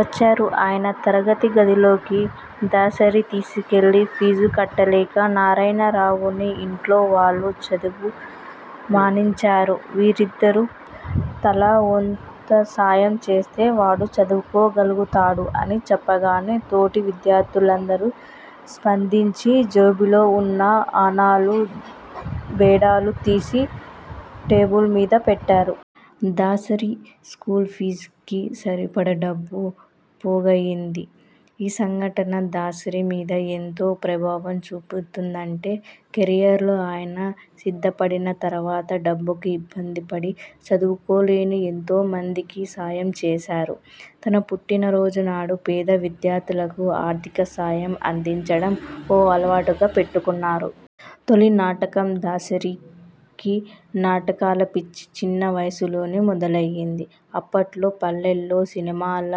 వచ్చారు. ఆయన తరగతి గదిలోకి దాసరిని తీసుకెళ్లి 'ఫీజు కట్టలేక నారాయణరావుని ఇంట్లో వాళ్లు చదువు మానించారు. మీరందరూ తలా కొంత సాయం చేస్తే వాడు చదువుకోగలుగుతాడు' అని చెప్పగానే తోటి విద్యార్థులందరూ స్పందించి జేబులో ఉన్న అణాలు, బేడాలు తీసి టేబుల్ మీద పెట్టారు. దాసరి స్కూల్ ఫీజుకి సరిపడా డబ్బు పోగయింది. ఈ సంఘటన దాసరి మీద ఎంతో ప్రభావం చూపిందంటే కెరీర్లో ఆయన స్థిరపడిన తర్వాత డబ్బుకి ఇబ్బంది పడి చదువుకోలేని ఎంతోమందికి సాయం చేశారు. తన పుట్టిన రోజు నాడు పేద విద్యార్థులకు ఆర్ధిక సాయం అందించడం ఓ అలవాటుగా పెట్టుకొన్నారు. తొలి నాటకం దాసరికి నాటకాలపిచ్చి చిన్న వయసులోనే మొదలైంది. అప్పట్లో పల్లెల్లో సినిమాల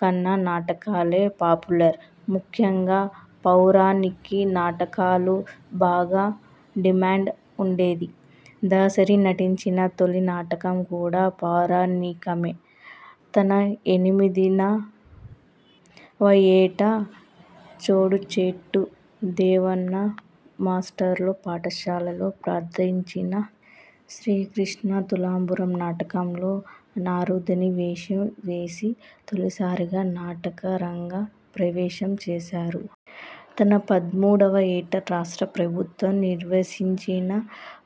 కన్నా నాటకాలే పాపులర్. ముఖ్యంగా పౌరాణిక నాటకాలు బాగా డిమాండ్ ఉండేది. దాసరి నటించిన తొలి నాటకం కూడా పౌరాణికమే. తన ఎనిమిదివ ఏట చోడిశెట్టి దేవన్న మాస్టారు పాఠశాలలో ప్రదర్శించిన 'శ్రీకృష్ణతులాభారం' నాటకంలో నారదుని వేషం వేసి తొలిసారిగా నాటక రంగ ప్రవేశం చేశారు.. తన పదమూడువ ఏట రాష్ట్ర ప్రభుత్వం నిర్వసించిన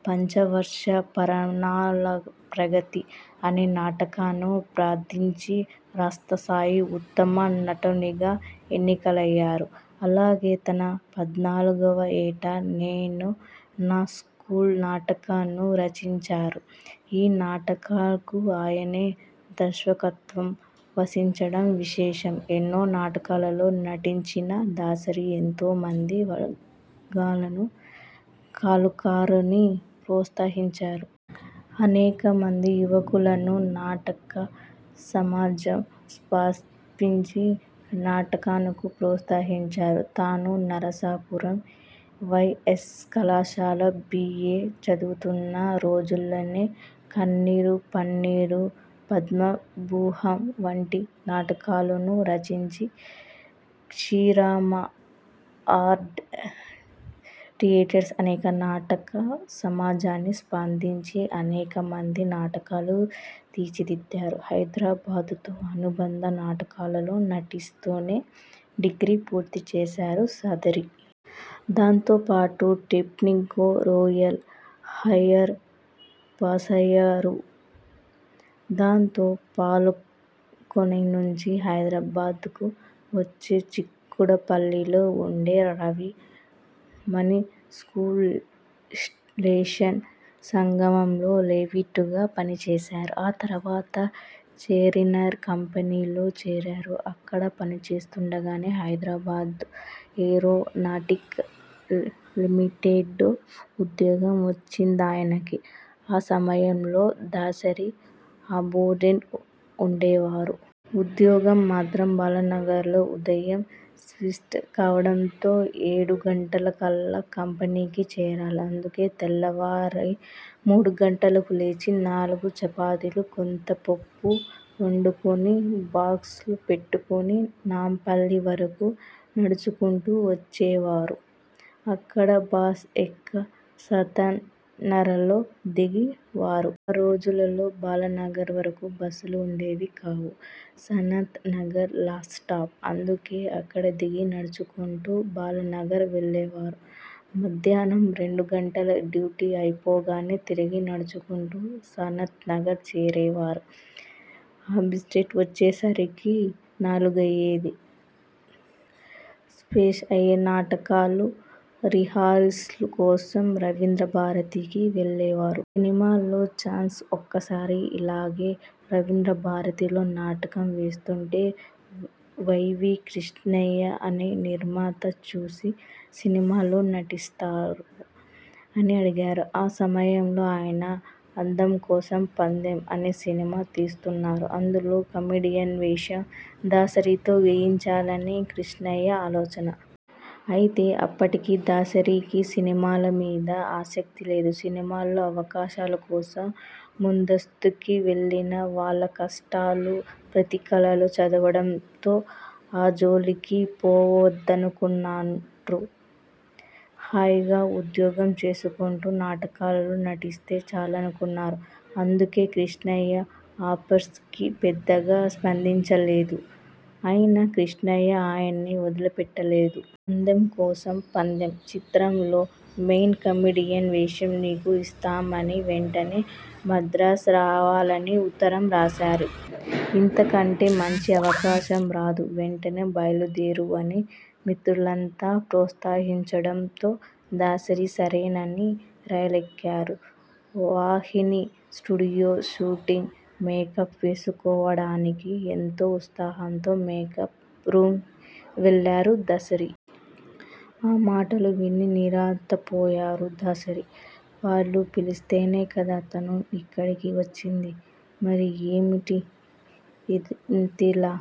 'పంచవర్ష ప్రణాళికా ప్రగతి' అనే నాటికను ప్రదర్శించి రాష్ట్రస్థాయి ఉత్తమ నటునిగా ఎన్నికయ్యారు. అలాగే తన పద్నాలుగువ ఏట 'నేను-నా స్కూలు' నాటికను రచించారు. ఈ నాటికకు ఆయనే దర్శకత్వం వహించడం విశేషం. ఎన్నో నాటకాలలో నటించిన దాసరి ఎంతో మంది వర్ధమాన కళాకారుల్ని ప్రోత్సహించారు. అనేక మంది యువకులను నాటక సమాజం స్థాపించి నటనకు ప్రోత్సహించారు. తాను నరసాపురం వైఎన్ కళాశాలలో బిఏ చదువుతున్న రోజులలోనే కన్నీరు-పన్నీరు, పద్మవ్యూహం వంటి నాటకాలను రచించి, క్షీరారామ ఆర్ట్ ధియేటర్స్ అనే నాటక సమాజాన్ని స్థాపించి అనేక మందిని నటులుగా తీర్చి దిద్దారు. హైదరాబాద్తో అనుబంధంనాటకాల్లో నటిస్తునే డిగ్రీ పూర్తి చేశారు దాసరి. దాంతో పాటు టైపింగ్లో లోయర్, హయ్యర్ పాసయ్యారు. దాంతో పాలకొల్లు నుంచి హైదరాబాద్కు వచ్చి చిక్కడపల్లిలో ఉండే 'రవి మనీ సర్కులేషన్' సంస్థలో టైపిస్టుగా పనిచేశారు. ఆ తర్వాత చార్మినార్ కంపెనీలో చేరారు. అక్కడ పనిచేస్తుండగానే హైదరాబాద్ ఏరో నాటిక్స్ లిమిటెడ్లో ఉద్యోగం వచ్చిందాయనకి. ఆ సమయంలో దాసరి ఆబిడ్స్లో ఉండేవారు. ఉద్యోగం మాత్రం బాలానగర్లో. ఉదయం షిఫ్ట్ కావడంతో ఏడు గంటలకల్లా కంపెనీకి చేరాలి. అందుకే తెల్లారి మూడు గంటలకు లేచి నాలుగు చపాతీలు, కొంత పప్పు వండుకొని బాక్స్లో పెట్టుకొని నాంపల్లి వరకూ నడుచుకొంటూ వచ్చేవారు. అక్కడ బస్ ఎక్కి సనత్ నగర్లో దిగే వారు. ఆ రోజుల్లో బాలానగర్ వరకూ బస్సులు ఉండేవి కావు. Sanath Nagar last stop. అందుకే అక్కడ దిగి నడుచుకొంటూ బాలానగర్ వెళ్లేవారు. మధ్యాహ్నం రెండు గంటలకి డ్యూటీ అయిపోగానే తిరిగి నడుచుకొంటూ సనత్ నగర్ చేరేవారు. అబిడ్స్కి వచ్చేసరికి నాలుగయ్యేది. ఫ్రెష్ అయి నాటకాల రిహార్సల్స్ కోసం రవీంద్రభారతికి వెళ్లేవారు. సినిమాల్లో ఛాన్స్ఒకసారి ఇలాగే రవీంద్రభారతిలో నాటకం వేస్తుంటే వై. వి. కృష్ణయ్య అనే నిర్మాత చూసి 'సినిమాల్లో నటిస్తావా? ' అని అడిగారు. ఆ సమయంలో ఆయన 'అందం కోసం పందెం' అనే సినిమా తీస్తున్నారు. అందులో కమెడియన్ వేషం దాసరితో వేయించాలని కృష్ణయ్య ఆలోచన. అయితే అప్పటికి దాసరికి సినిమాల మీద ఆసక్తిలేదు. సినిమాల్లో అవకాశాల కోసం మద్రాసుకి వెళ్లిన వాళ్ల కష్టాలు పత్రికల్లో చదవడంతో ఆ జోలికి పోవద్దనుకొన్నారు. హాయిగా ఉద్యోగం చేసుకొంటూ నాటకాల్లో నటిస్తే చాలుకొన్నారు. అందుకే కృష్ణయ్య ఆఫర్కి పెద్దగా స్పందించలేదు. అయినా కృష్ణయ్య ఆయన్ని వదిలిపెట్టలేదు. 'అందం కోసం పందెం' చిత్రంలో మెయిన కమెడియన్ వేషం నీకు ఇస్తున్నామనీ, వెంటనే మద్రాసు రావాలనీ ఉత్తరం రాశారు. 'ఇంతకంటే మంచి అవకాశం రాదు. వెంటనే బయలుదేరు' అని మిత్రులంతా ప్రోత్సహించడంతో దాసరి సరేనని రైలెక్కారు. వాహినీ స్టూడియో షూటింగ్.. మేకప్ వేసుకోవడానికి ఎంతో ఉత్సాహంతో మేకప్ రూమ్కి వెళ్లారు దాసరి. ఆ మాటలు విని నిర్ఘాంతపోయారు దాసరి. వాళ్లు పిలిస్తేనే కదా తను ఇక్కడికి వచ్చింది? మరి ఏమిటీ ఇతనిలా